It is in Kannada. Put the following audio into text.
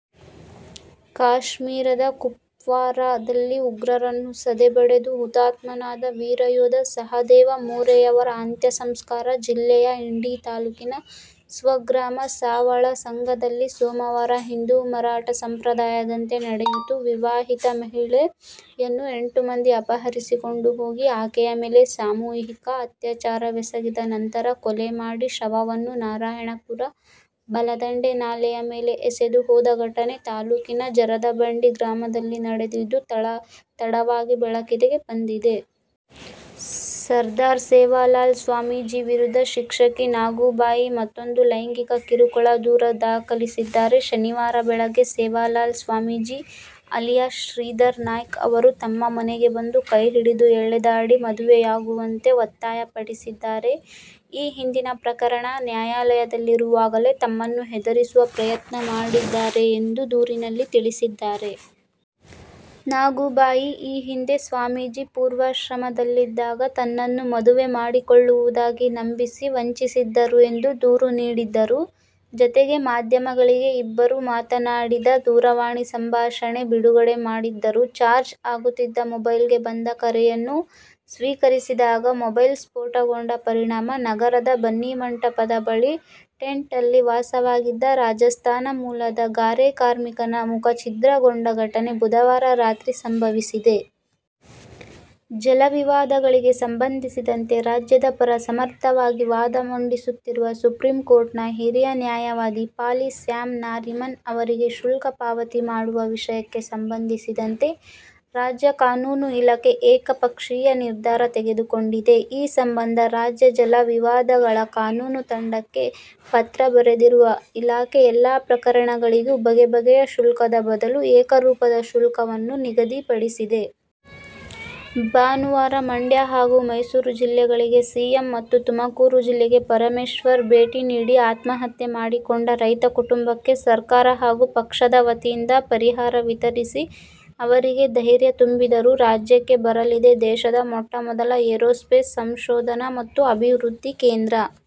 ಕಾಶ್ಮೀರದ ಕುಪ್ವಾರಾದಲ್ಲಿ ಉಗ್ರರನ್ನು ಸದೆಬಡಿದು ಹುತಾತ್ಮನಾದ ವೀರಯೋಧ ಸಹದೇವ ಮೋರೆಯವರ ಅಂತ್ಯಸಂಸ್ಕಾರ ಜಿಲ್ಲೆಯ ಇಂಡಿ ತಾಲೂಕಿನ ಸ್ವಗ್ರಾಮ ಸಾವಳಸಂಗದಲ್ಲಿ ಸೋಮವಾರ ಹಿಂದೂ ಮರಾಠ ಸಂಪ್ರದಾಯದಂತೆ ನಡೆಯಿತು. ವಿವಾಹಿತ ಮಹಿಳೆಯನ್ನು ಎಂಟು ಮಂದಿ ಅಪಹರಿಸಿಕೊಂಡು ಹೋಗಿ ಆಕೆಯ ಮೇಲೆ ಸಾಮೂಹಿಕ ಅತ್ಯಾಚಾರವೆಸಗಿದ ನಂತರ ಕೊಲೆ ಮಾಡಿ ಶವವನ್ನು ನಾರಾಯಣಪುರ ಬಲದಂಡೆ ನಾಲೆಯ ಮೇಲೆ ಎಸೆದು ಹೋದ ಘಟನೆ ತಾಲೂಕಿನ ಜರದಬಂಡಿ ಗ್ರಾಮದಲ್ಲಿ ನಡೆದಿದ್ದು, ತಡವಾಗಿ ಬೆಳಕಿಗೆ ಬಂದಿದೆ. ಸರ್ದಾರ್ ಸೇವಾಲಾಲ್ ಸ್ವಾಮೀಜಿ ವಿರುದ್ಧ ಶಿಕ್ಷಕಿ ನಾಗುಬಾಯಿ ಮತ್ತೂಂದು ಲೈಂಗಿಕ ಕಿರುಕುಳ ದೂರು ದಾಖಲಿಸಿದ್ದಾರೆ. ಶನಿವಾರ ಬೆಳಗ್ಗೆ ಸೇವಾಲಾಲ್ ಸ್ವಾಮೀಜಿ ಅಲಿಯಾಸ್ ಶ್ರೀಧರ ನಾಯ್ಕ ಅವರು ತಮ್ಮ ಮನೆಗೆ ಬಂದು ಕೈ ಹಿಡಿದು ಎಳೆದಾಡಿ, ಮದುವೆಯಾಗುವಂತೆ ಒತ್ತಾಯಪಡಿಸಿದ್ದಾರೆ. ಈ ಹಿಂದಿನ ಪ್ರಕರಣ ನ್ಯಾಯಾಲಯದಲ್ಲಿರುವಾಗಲೇ ತಮ್ಮನ್ನು ಹೆದರಿಸುವ ಪ್ರಯತ್ನ ಮಾಡಿದ್ದಾರೆ ಎಂದು ದೂರಿನಲ್ಲಿ ತಿಳಿಸಿದ್ದಾರೆ. ನಾಗುಬಾಯಿ ಈ ಹಿಂದೆ ಸ್ವಾಮೀಜಿ ಪೂರ್ವಾಶ್ರಮದಲ್ಲಿದ್ದಾಗ ತನ್ನನ್ನು ಮದುವೆ ಮಾಡಿಕೊಳ್ಳುವುದಾಗಿ ನಂಬಿಸಿ, ವಂಚಿಸಿದ್ದರು ಎಂದು ದೂರು ನೀಡಿದ್ದರು. ಜತೆಗೆ ಮಾಧ್ಯಮಗಳಿಗೆ ಇಬ್ಬರೂ ಮಾತನಾಡಿದ ದೂರವಾಣಿ ಸಂಭಾಷಣೆ ಬಿಡುಗಡೆ ಮಾಡಿದ್ದರು. ಚಾರ್ಜ್ ಆಗುತ್ತಿದ್ದ ಮೊಬೈಲ್ಗೆ ಬಂದ ಕರೆಯನ್ನು ಸ್ವೀಕರಿಸಿದಾಗ ಮೊಬೈಲ್ ಸ್ಫೋಟಗೊಂಡ ಪರಿಣಾಮ ನಗರದ ಬನ್ನಿಮಂಟಪದ ಬಳಿ ಟೆಂಟ್ನಲ್ಲಿ ವಾಸವಾಗಿದ್ದ ರಾಜಸ್ಥಾನ ಮೂಲದ ಗಾರೆ ಕಾರ್ಮಿಕನ ಮುಖ ಛಿದ್ರಗೊಂಡ ಘಟನೆ ಬುಧವಾರ ರಾತ್ರಿ ಸಂಭವಿಸಿದೆ. ಜಲ ವಿವಾದಗಳಿಗೆ ಸಂಬಂಧಿಸಿದಂತೆ ರಾಜ್ಯದ ಪರ ಸಮರ್ಥವಾಗಿ ವಾದ ಮಂಡಿಸುತ್ತಿರುವ ಸುಪ್ರೀಂಕೋರ್ಟ್ನ ಹಿರಿಯ ನ್ಯಾಯವಾದಿ ಫಾಲಿ ಸ್ಯಾಮ್ ನಾರಿಮನ್ ಅವರಿಗೆ ಶುಲ್ಕ ಪಾವತಿ ಮಾಡುವ ವಿಷಯಕ್ಕೆ ಸಂಬಂಧಿಸಿದಂತೆ ರಾಜ್ಯ ಕಾನೂನು ಇಲಾಖೆ ಏಕಪಕ್ಷೀಯ ನಿರ್ಧಾರ ತೆಗೆದುಕೊಂಡಿದೆ. ಈ ಸಂಬಂಧ ರಾಜ್ಯ ಜಲ ವಿವಾದಗಳ ಕಾನೂನು ತಂಡಕ್ಕೆ ಪತ್ರ ಬರೆದಿರುವ ಇಲಾಖೆ, ಎಲ್ಲ ಪ್ರಕರಣಗಳಿಗೂ ಬಗೆಬಗೆಯ ಶುಲ್ಕದ ಬದಲು ಏಕರೂಪದ ಶುಲ್ಕವನ್ನು ನಿಗದಿಪಡಿಸಿದೆ. ಭಾನುವಾರ ಮಂಡ್ಯ ಹಾಗೂ ಮೈಸೂರು ಜಿಲ್ಲೆಗಳಿಗೆ ಸಿಎಂ ಮತ್ತು ತುಮಕೂರು ಜಿಲ್ಲೆಗೆ ಪರಮೇಶ್ವರ್ ಭೇಟಿ ನೀಡಿ, ಆತ್ಮಹತ್ಯೆ ಮಾಡಿಕೊಂಡ ರೈತ ಕುಟುಂಬಕ್ಕೆ ಸರ್ಕಾರ ಹಾಗೂ ಪಕ್ಷದ ವತಿಯಿಂದ ಪರಿಹಾರ ವಿತರಿಸಿ, ಅವರಿಗೆ ಧೈರ್ಯ ತುಂಬಿದರು. ರಾಜ್ಯಕ್ಕೆ ಬರಲಿದೆ ದೇಶದ ಮೊಟ್ಟ ಮೊದಲ ಏರೋಸ್ಪೇಸ್ ಸಂಶೋಧನಾ ಮತ್ತು ಅಭಿವೃದ್ಧಿ ಕೇಂದ್ರ.